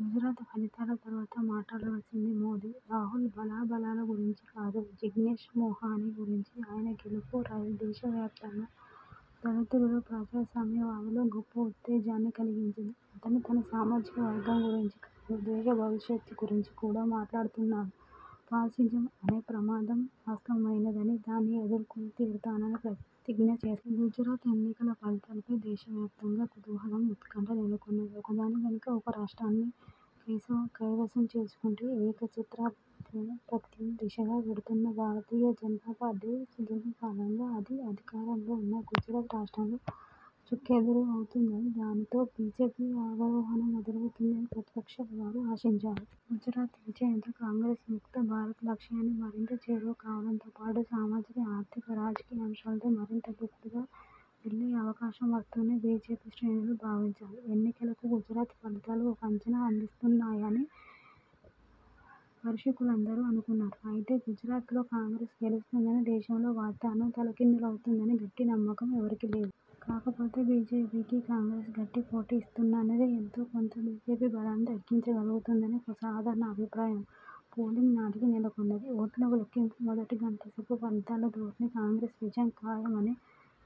గుజరాత్ ఫలితాల తరువాత మాట్లాడవలసింది మోదీ–రాహుల్ బలాబలాల గురించి కాదు, జిగ్నేష్ మెవానీ గురించి. ఆయన గెలుపు దేశవ్యాప్తంగా దళితులలో, ప్రజాస్వామ్య వాదులలో గొప్ప ఉత్తేజాన్ని కలిగించింది. అతను తన సామాజిక వర్గం గురించే కాదు, దేశ భవిష్యత్తు గురించి కూడా మాట్లాడుతున్నాడు. ఫాసిజం అనే ప్రమాదం వాస్తవమైనదని, దాన్ని ఎదుర్కొని తీరతానని ప్రతిజ్ఞ చేస్తున్నాడు. గుజరాత్ ఎన్నికల ఫలితాలపై దేశవ్యాప్తంగా కుతూహలం, ఉత్కంఠ నెలకొన్నాయి. ఒకదాని వెనుక ఒక రాష్ట్రాన్ని కైవసం చేసుకుంటూ ఏక ఛత్రాధిపత్యం దిశగా వెడుతున్న భారతీయ జనతాపార్టీకి, సుదీర్ఘకాలంగా అది అధికారంలో ఉన్న గుజరాత్ రాష్ట్రంలో చుక్కెదురు అవుతుందని, దానితో బిజెపి అవరోహణ మొదలవుతుందని ప్రతిపక్షాల వారు ఆశించారు. గుజరాత్ విజయంతో కాంగ్రెస్ ముక్త భారత్ లక్ష్యానికి మరింత చేరువ కావడంతో పాటు, సామాజిక, ఆర్థిక, రాజకీయ అంశాలలో మరింత దూకుడుగా వెళ్లే అవకాశం వస్తుందని బిజెపి శ్రేణులు భావించాయి. ఎన్నికలకు గుజరాత్ ఫలితాలు ఒక అంచనా అందిస్తాయన్నది పరిశీలకులందరూ అనుకున్నారు. అయితే, గుజరాత్లో కాంగ్రెస్ గెలుస్తుందని, దేశంలో వాతావరణం తలకిందులవుతుందని గట్టి నమ్మకం ఎవరికీ లేదు. కాకపోతే, బిజెపికి కాంగ్రెస్ గట్టి పోటీ ఇస్తున్నదని, ఎంతో కొంత బిజెపి బలాన్ని తగ్గించ గలుగుతుందని ఒక సాధారణ అభిప్రాయం పోలింగ్ నాటికి నెలకొన్నది. ఓట్ల లెక్కింపు మొదటి గంటసేపు ఫలితాల ధోరణి, కాంగ్రెస్ విజయం ఖాయమనే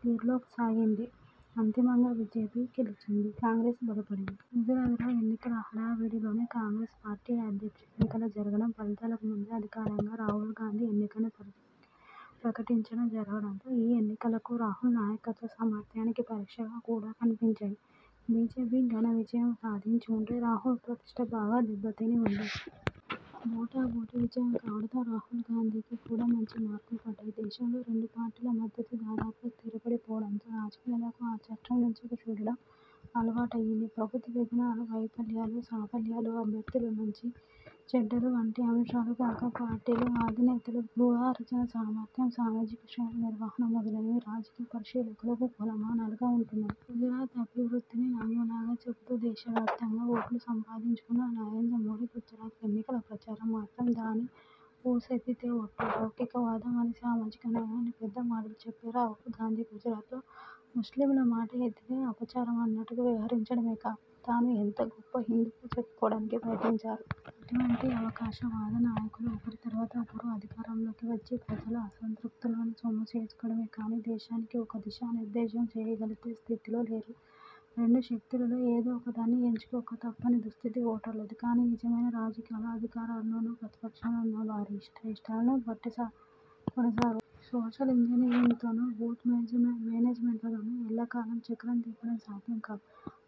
తీరులోనే సాగింది. అంతిమంగా బిజెపి గెలిచింది. కాంగ్రెస్ బలపడింది. గుజరాత్ ఎన్నికల హడావుడిలోనే కాంగ్రెస్ పార్టీ అధ్యక్ష ఎన్నికలు జరగడం, ఫలితాలకు ముందే అధికారికంగా రాహుల్ గాంధీ ఎన్నికను ప్రకటించడం జరగడంతో, ఈ ఎన్నికలు రాహుల్ నాయకత్వ సామర్థ్యానికి పరీక్షగా కూడా కనిపించాయి. బిజెపి ఘనవిజయం సాధించి ఉంటే, రాహుల్ ప్రతిష్ఠ బాగా దెబ్బతిని ఉండేది. బొటాబొటి విజయం కావడంతో రాహుల్గాంధీకి కూడా మంచి మార్కులు పడ్డాయి. దేశంలో రెండుపార్టీల పద్ధతి దాదాపుగా స్థిరపడి పోవడంతో, రాజకీయాలను ఆ చట్రం నుంచే చూడడం అలవాటు అయ్యింది. ప్రభుత్వ విధానాల వైఫల్య సాఫల్యాలు, అభ్యర్థుల మంచి చెడ్డలు వంటి అంశాలు కాక, పార్టీల అధినేతల వ్యూహరచనా సామర్థ్యం, సామాజిక శ్రేణుల నిర్వహణ మొదలైనవి రాజకీయ పరిశీలకులకు కొలమానాలుగా ఉంటున్నాయి. గుజరాత్ అభివృద్ధిని నమూనాగా చెబుతూ దేశ వ్యాప్తంగా ఓట్లు సంపాదించుకున్న నరేంద్ర మోదీ గుజరాత్ ఎన్నికల ప్రచారంలో మాత్రం దాని ఊసెత్తితే ఒట్టు. లౌకికవాదం అనీ, సామాజిక న్యాయం అని పెద్ద మాటలు చెప్పే రాహుల్ గాంధీ గుజరాత్లో ముస్లిముల మాట ఎత్తితే అపచారం అన్నట్టుగా వ్యవహరించడమే కాక, తాను ఎంత గొప్ప హిందువో చెప్పుకోవడానికి ప్రయత్నించారు. ఇటువంటి అవకాశ వాద నాయకులు ఒకరి తరువాత ఒకరు అధికారం లోకి వచ్చి ప్రజల అసంతృప్తులను సొమ్ము చేసుకోవడమే కానీ, దేశానికి ఒక దిశానిర్దేశం చేయగలిగే స్థితిలో లేరు. రెండు శక్తులలో ఏదో ఒకదాన్ని ఎంచుకోక తప్పని దుస్థితి ఓటర్లది. కానీ, నిజమైన రాజకీయాలు, అధికారంలోనో ప్రతిపక్షంలోనో ఉన్న వారి ఇష్టాయిష్టాలను బట్టే కొనసాగవు. సోషల్ ఇంజనీరింగ్తోనో, బూత్ మేనేజ్మెంట్తోనో ఎల్ల కాలం చక్రం తిప్పడం సాధ్యం కాదు.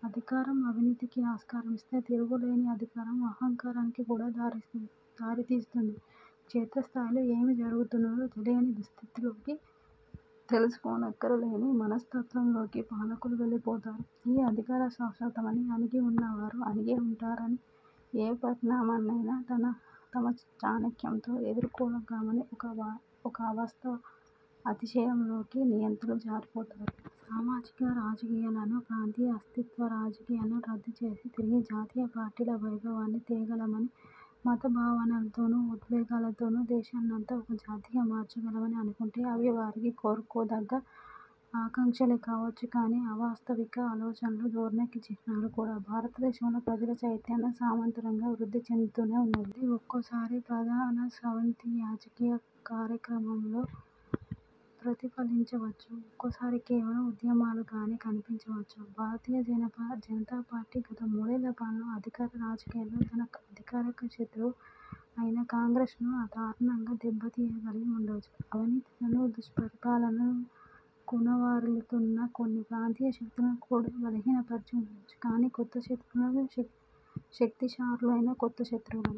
అధికారం అవినీతికి ఆస్కారమిస్తే, తిరుగులేని అధికారం అహంకారానికి కూడా దారితీస్తుంది. క్షేత్రస్థాయిలో ఏమి జరుగుతున్నదో తెలియని దుస్థితిలోకి, తెలుసుకోనక్కర లేని మనస్తత్వంలోకి పాలకులు వెళ్లిపోతారు. ఈ అధికారం శాశ్వతమని, అణగి ఉన్నవారు అణిగే ఉంటారని, ఏ పరిణామాన్నైనా తమ చాణక్యంతో ఎదుర్కొనగలమని ఒక అవాస్తవ అతిశయంలోకి నియంతలు జారిపోతారు. సామాజిక రాజకీయాలను, ప్రాంతీయ అస్తిత్వ రాజకీయాలను రద్దుచేసి, తిరిగి జాతీయ పార్టీల వైభవాన్ని తేగలమని, మత భావనలతోనో ఉద్వేగాలతోనో దేశాన్నంతా ఒక జాతిగా మార్చగలమని అనుకుంటే, అవి వారికి కోరుకో దగ్గ ఆకాంక్షలే కావచ్చును కానీ, అవాస్తవిక ఆలోచనా ధోరణికి చిహ్నాలు కూడా. భారతదేశంలో ప్రజల చైతన్యం సమాంతరంగా వృద్ధి చెందుతూనే ఉన్నది. అది ఒక్కోసారి ప్రధాన స్రవంతి రాజకీయ కార్యక్రమాలలో ప్రతిఫలించ వచ్చు, ఒక్కోసారి కేవలం ఉద్యమాలుగానే కనిపించవచ్చు. భారతీయ జనతా పార్టీ గత మూడేళ్ల పాలన, అధికార రాజకీయాలలో తన అధికార శతువ్రు అయిన కాంగ్రెస్ను దారుణంగా దెబ్బ తీయగలిగి ఉండవచ్చు, అవినీతితో దుష్పరిపాలనతో కునారిల్లుతున్న కొన్ని ప్రాంతీయ శక్తులను కూడా బలహీనపరిచి ఉండవచ్చు. కానీ, కొత్త శత్రువులను, శక్తిశాలురైన కొత్త శత్రువులను